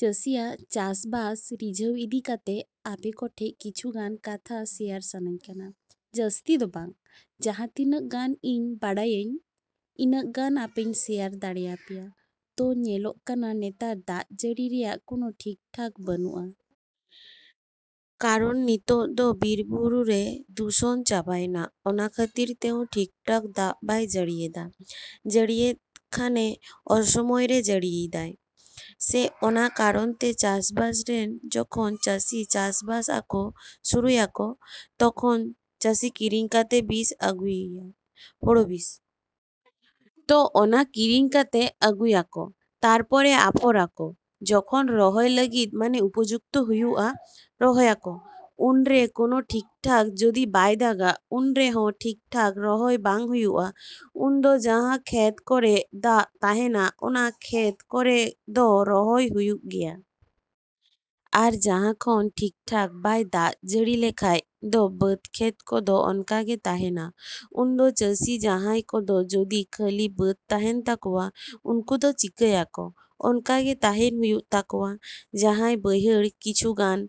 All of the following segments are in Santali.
ᱪᱟᱹᱥᱤᱭᱟᱜ ᱪᱟᱥᱼᱵᱟᱥ ᱨᱤᱡᱷᱟᱹᱣ ᱤᱫᱤ ᱠᱟᱛᱮ ᱟᱯᱮ ᱠᱚᱴᱷᱮᱡ ᱠᱤᱪᱷᱩ ᱜᱟᱱ ᱠᱟᱛᱷᱟ ᱥᱮᱭᱟᱨ ᱥᱟᱱᱟᱧ ᱠᱟᱱᱟ᱾ ᱡᱟᱹᱥᱛᱤ ᱫᱚ ᱵᱟᱝ, ᱡᱟᱦᱟᱸ ᱛᱤᱱᱟᱹᱜ ᱜᱟᱱ ᱤᱧ ᱵᱟᱲᱟᱭᱟᱹᱧ, ᱤᱱᱟᱹᱜ ᱜᱟᱱ ᱟᱯᱮᱧ ᱥᱮᱭᱟᱨ ᱫᱟᱲᱮᱭᱟᱯᱮᱭᱟ᱾ ᱛᱚ ᱧᱮᱞᱚᱜ ᱠᱟᱱᱟ ᱱᱮᱛᱟᱨ ᱫᱟᱜ ᱡᱟᱹᱲᱤ ᱨᱮᱭᱟᱜ ᱠᱚᱱᱚ ᱴᱷᱤᱠ-ᱴᱷᱟᱠ ᱵᱟᱹᱱᱩᱜᱼᱟ᱾ ᱠᱟᱨᱚᱱ ᱱᱤᱛᱚᱜ ᱫᱚ ᱵᱤᱨ-ᱵᱩᱨᱩ ᱨᱮ ᱫᱷᱩᱥᱚᱱ ᱪᱟᱵᱟᱭᱮᱱᱟ᱾ ᱚᱱᱟ ᱠᱷᱟᱹᱛᱤᱨ ᱛᱮᱦᱚᱸ ᱴᱷᱤᱠ-ᱴᱷᱟᱠ ᱫᱟᱜ ᱵᱟᱭ ᱡᱟᱹᱲᱤᱭᱮᱫᱟ᱾ ᱡᱟᱹᱲᱤᱭᱮᱜ ᱠᱷᱟᱱᱮ ᱚᱥᱚᱢᱳᱭ ᱨᱮ ᱡᱟᱹᱲᱤᱭᱮᱫᱟᱭ᱾ ᱥᱮ ᱚᱱᱟ ᱠᱟᱨᱚᱱᱛᱮ ᱪᱟᱥ-ᱵᱟᱥ ᱨᱮᱱ ᱡᱚᱠᱷᱚᱱ ᱪᱟᱹᱥᱤ ᱪᱟᱥ-ᱵᱟᱥ ᱟᱠᱚ ᱥᱩᱨᱩᱭᱟ ᱠᱚ, ᱛᱚᱠᱷᱚᱱ ᱪᱟᱹᱥᱤ ᱠᱤᱨᱤᱧ ᱠᱟᱛᱮ ᱵᱤᱥ ᱟᱹᱜᱩᱭᱟ, ᱦᱳᱲᱳ ᱵᱤᱥ᱾ ᱛᱚ ᱚᱱᱟ ᱠᱤᱨᱤᱧ ᱠᱟᱛᱮ ᱟᱹᱜᱩᱭᱟᱠᱚ, ᱛᱟᱨᱯᱚᱨᱮ ᱟᱯᱷᱚᱨᱟᱠᱚ ᱡᱚᱠᱷᱚᱱ ᱨᱚᱦᱚᱭ ᱞᱟᱹᱜᱤᱫ ᱢᱟᱱᱮ ᱩᱯᱚᱡᱩᱠᱛᱚ ᱦᱩᱭᱩᱜᱼᱟ᱾ ᱨᱚᱦᱚᱭᱟᱠᱚ᱾ ᱩᱱᱨᱮ ᱠᱳᱱᱳ ᱴᱷᱤᱠ-ᱴᱷᱟᱠ ᱡᱩᱫᱤ ᱵᱟᱭ ᱫᱟᱜᱟ, ᱩᱱᱨᱮᱦᱚᱸ ᱴᱷᱤᱠ-ᱴᱷᱟᱠ ᱨᱚᱦᱚᱭ ᱵᱟᱝ ᱦᱩᱭᱩᱜᱼᱟ᱾ ᱩᱱᱫᱚ ᱡᱟᱦᱟᱸ ᱠᱷᱮᱛ ᱠᱚᱨᱮᱜ ᱫᱟᱜ ᱛᱟᱦᱮᱱᱟ, ᱚᱱᱟ ᱠᱷᱮᱛ ᱠᱚᱨᱮ ᱫᱚ ᱨᱚᱦᱚᱭ ᱦᱩᱭᱩᱜ ᱜᱮᱭᱟ᱾ ᱟᱨ ᱡᱟᱦᱟᱸ ᱠᱷᱚᱱ ᱴᱷᱤᱠ-ᱴᱷᱟᱠ ᱵᱟᱭ ᱫᱟᱜ ᱡᱟᱹᱲᱤ ᱞᱮᱠᱷᱟᱡ ᱫᱚ ᱵᱟᱹᱫᱽ ᱠᱷᱮᱛ ᱠᱚᱫᱚ ᱚᱱᱠᱟᱜᱮ ᱛᱟᱦᱮᱱᱟ᱾ ᱩᱱᱫᱚ ᱪᱟᱹᱥᱤ ᱡᱟᱦᱟᱸᱭ ᱠᱚᱫᱚ ᱡᱩᱫᱤ ᱠᱷᱟᱹᱞᱤ ᱵᱟᱹᱫᱽ ᱛᱟᱦᱮᱱ ᱛᱟᱠᱚᱣᱟ, ᱩᱱᱠᱩ ᱫᱚ ᱪᱤᱠᱟᱹᱭᱟᱠᱚ? ᱚᱱᱠᱟᱜᱮ ᱛᱟᱦᱮᱱ ᱦᱩᱭᱩᱜ ᱛᱟᱠᱚᱣᱟ᱾ ᱡᱟᱦᱟᱸᱭ ᱵᱟᱹᱭᱦᱟᱹᱲ ᱠᱤᱪᱷᱩ ᱜᱟᱱ,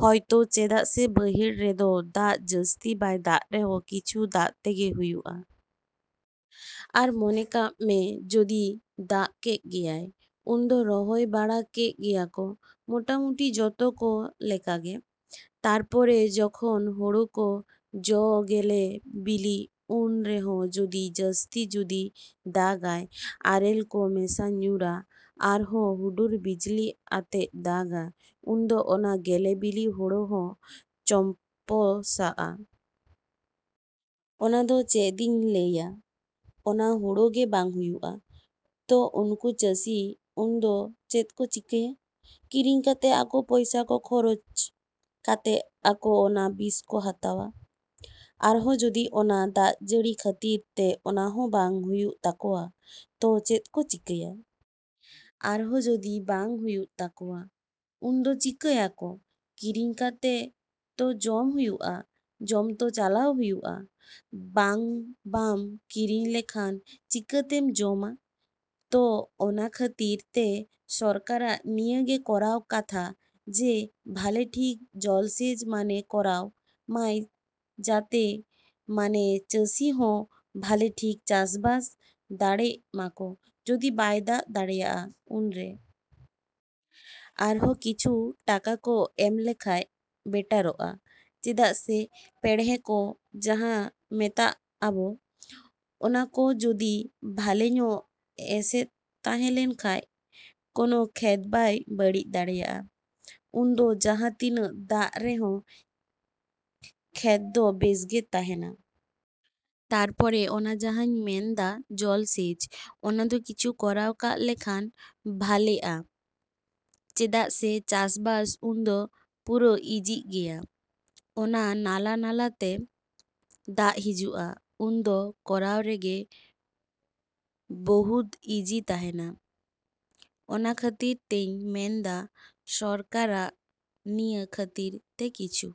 ᱦᱚᱭᱛᱳ ᱪᱮᱫᱟᱜ ᱥᱮ ᱵᱟᱹᱭᱦᱟᱹᱲ ᱨᱮᱫᱚ ᱫᱟᱜ ᱡᱟᱹᱥᱛᱤ ᱵᱟᱭ ᱫᱟᱜ ᱨᱮᱦᱚᱸ ᱠᱤᱪᱷᱩ ᱫᱟᱜ ᱛᱮ ᱦᱩᱭᱩᱜᱼᱟ᱾ ᱟᱨ ᱢᱚᱱᱮ ᱠᱟᱜ ᱢᱮ ᱡᱩᱫᱤ ᱫᱟᱜ ᱠᱮᱜ ᱜᱮᱭᱟᱭ, ᱩᱱᱫᱚ ᱨᱚᱦᱚᱭ ᱵᱟᱲᱟ ᱠᱮᱜ ᱜᱮᱭᱟᱠᱚ ᱢᱳᱴᱟᱢᱩᱴᱤ ᱡᱚᱛᱚ ᱠᱚ ᱞᱮᱠᱟᱜᱮ᱾ ᱛᱟᱨᱯᱚᱨᱮ ᱡᱚᱠᱷᱚᱱ ᱦᱳᱲᱳ ᱠᱚ ᱡᱚ ᱜᱮᱞᱮ ᱵᱤᱞᱤ, ᱩᱱ ᱨᱮᱦᱚᱸ ᱡᱩᱫᱤ ᱡᱟᱹᱥᱛᱤ ᱡᱩᱫᱤ ᱫᱟᱜᱟᱭ, ᱟᱨᱮᱞ ᱠᱚ ᱢᱮᱥᱟ ᱧᱩᱨᱟ, ᱟᱨᱦᱚᱸ ᱦᱩᱰᱩᱨ ᱵᱤᱡᱽᱞᱤ ᱟᱛᱮᱜ ᱫᱟᱜᱟ, ᱩᱱᱫᱚ ᱚᱱᱟ ᱜᱮᱞᱮ ᱵᱤᱞᱤ ᱦᱳᱲᱳ ᱦᱚᱸ ᱪᱚᱢᱯᱥᱟᱜᱼᱟ᱾ ᱚᱱᱟᱫᱚ ᱪᱮᱫ ᱤᱧ ᱞᱟᱹᱭᱟ? ᱚᱱᱟ ᱦᱳᱲᱳᱜᱮ ᱵᱟᱝ ᱦᱩᱭᱩᱜᱼᱟ᱾ ᱛᱚ ᱩᱱᱠᱩ ᱪᱟᱹᱥᱤ ᱩᱱᱫᱚ ᱪᱮᱫ ᱠᱚ ᱪᱤᱠᱟᱹᱭᱟ? ᱠᱤᱨᱤᱧ ᱠᱟᱛᱮ ᱟᱠᱚ ᱯᱚᱭᱥᱟ ᱠᱚ ᱠᱷᱚᱨᱚᱪ ᱠᱟᱛᱮ ᱟᱠᱚ ᱚᱱᱟ ᱵᱤᱥᱠᱚ ᱦᱟᱛᱟᱣᱟ᱾ ᱟᱨᱦᱚᱸ ᱡᱩᱫᱤ ᱚᱱᱟ ᱫᱟᱜᱡᱟᱹᱲᱤ ᱠᱷᱟᱹᱛᱤᱨ ᱛᱮ ᱚᱱᱟ ᱦᱚᱸ ᱵᱟᱝ ᱦᱩᱭᱩᱜ ᱛᱟᱠᱚᱣᱟ, ᱛᱚ ᱪᱮᱫ ᱠᱚ ᱪᱤᱠᱟᱭᱟ? ᱟᱨᱦᱚᱸ ᱡᱩᱫᱤ ᱵᱟᱝ ᱦᱩᱭᱩᱜ ᱛᱟᱠᱣᱟ, ᱩᱱᱫᱚ ᱪᱤᱠᱟᱭᱟᱠᱚ? ᱠᱤᱨᱤᱧ ᱠᱟᱛᱮ ᱛᱚ ᱡᱚᱢ ᱦᱩᱭᱩᱜᱼᱟ᱾ ᱡᱚᱢ ᱛᱚ ᱪᱟᱞᱟᱣ ᱦᱩᱭᱩᱜᱼᱟ᱾ ᱵᱟᱝ ᱵᱟᱢ ᱠᱤᱨᱤᱧ ᱞᱮᱠᱷᱟᱱ ᱪᱤᱠᱟᱛᱮᱢ ᱡᱚᱢᱟ? ᱛᱚ ᱚᱱᱟ ᱠᱷᱟᱹᱛᱤᱨ ᱛᱮ ᱥᱚᱨᱠᱟᱨᱟᱜ ᱱᱤᱭᱟᱹᱜᱮ ᱠᱚᱨᱟᱣ ᱠᱟᱛᱷᱟ ᱡᱮ ᱵᱷᱟᱞᱮ ᱴᱷᱤᱠ ᱡᱚᱞᱥᱮᱪ ᱢᱟᱱᱮ ᱠᱚᱨᱟᱣ ᱢᱟᱭ ᱡᱟᱛᱮ ᱢᱟᱱᱮ ᱪᱟᱹᱥᱤ ᱦᱚᱸ ᱵᱷᱟᱞᱮ ᱴᱷᱤᱠ ᱪᱟᱥ-ᱵᱟᱥ ᱫᱟᱲᱮᱜ ᱢᱟᱠᱚ ᱡᱩᱫᱤ ᱵᱟᱭ ᱫᱟᱜ ᱫᱟᱲᱮᱭᱟᱜᱼᱟ ᱩᱱᱨᱮ᱾ ᱟᱨᱦᱚᱸ ᱠᱤᱪᱷᱩ ᱴᱟᱠᱟ ᱠᱚ ᱮᱢ ᱞᱮᱱᱠᱷᱟᱡ ᱵᱮᱴᱟᱨᱚᱜᱼᱟ᱾ ᱪᱮᱫᱟᱜ ᱥᱮ ᱯᱮᱲᱦᱮᱸ ᱠᱚ ᱡᱟᱦᱟᱸ ᱢᱮᱛᱟᱜ ᱟᱵᱚ, ᱚᱱᱟᱠᱚ ᱡᱩᱫᱤ ᱵᱷᱟᱞᱮᱧᱚᱜ ᱮᱥᱮᱫ ᱛᱟᱦᱮᱸ ᱞᱮᱱᱠᱷᱟᱡ, ᱠᱚᱱᱳ ᱠᱷᱮᱛ ᱵᱟᱭ ᱵᱟᱹᱲᱤᱡ ᱫᱟᱲᱮᱭᱟᱜᱼᱟ᱾ ᱩᱱᱫᱚ ᱡᱟᱦᱟᱸ ᱛᱤᱱᱟᱹᱜ ᱫᱟᱜ ᱨᱮᱦᱚᱸ ᱠᱷᱮᱛ ᱫᱚ ᱵᱮᱥ ᱜᱮ ᱛᱟᱦᱮᱱᱟ᱾ ᱛᱟᱨᱯᱚᱨᱮ ᱚᱱᱟ ᱡᱟᱦᱟᱸᱧ ᱢᱮᱱᱫᱟ ᱡᱚᱞᱥᱮᱪ, ᱚᱱᱟᱫᱚ ᱠᱤᱪᱷᱩ ᱠᱚᱨᱟᱣ ᱠᱟᱜ ᱞᱮᱠᱷᱟᱱ ᱵᱷᱟᱞᱮᱜᱼᱟ᱾ ᱪᱮᱫᱟᱜ ᱥᱮ ᱪᱟᱥ-ᱵᱟᱥ ᱩᱱᱫᱚ ᱯᱩᱨᱟᱹ ᱤᱡᱤᱜ ᱜᱮᱭᱟ᱾ ᱚᱱᱟ ᱱᱟᱞᱟ ᱱᱟᱞᱟᱛᱮ ᱫᱟᱜ ᱦᱤᱡᱩᱜᱼᱟ, ᱩᱱᱫᱚ ᱠᱚᱨᱟᱣ ᱨᱮᱜᱮ ᱵᱚᱦᱩᱫ ᱤᱡᱤ ᱛᱟᱦᱮᱱᱟ᱾ ᱚᱱᱟ ᱠᱷᱟᱹᱛᱤᱨ ᱛᱮᱧ ᱢᱮᱱᱫᱟ ᱥᱚᱨᱠᱟᱨᱟᱜ ᱱᱤᱭᱟᱹ ᱠᱷᱟᱹᱛᱤᱨ ᱛᱮ ᱠᱤᱪᱷᱩ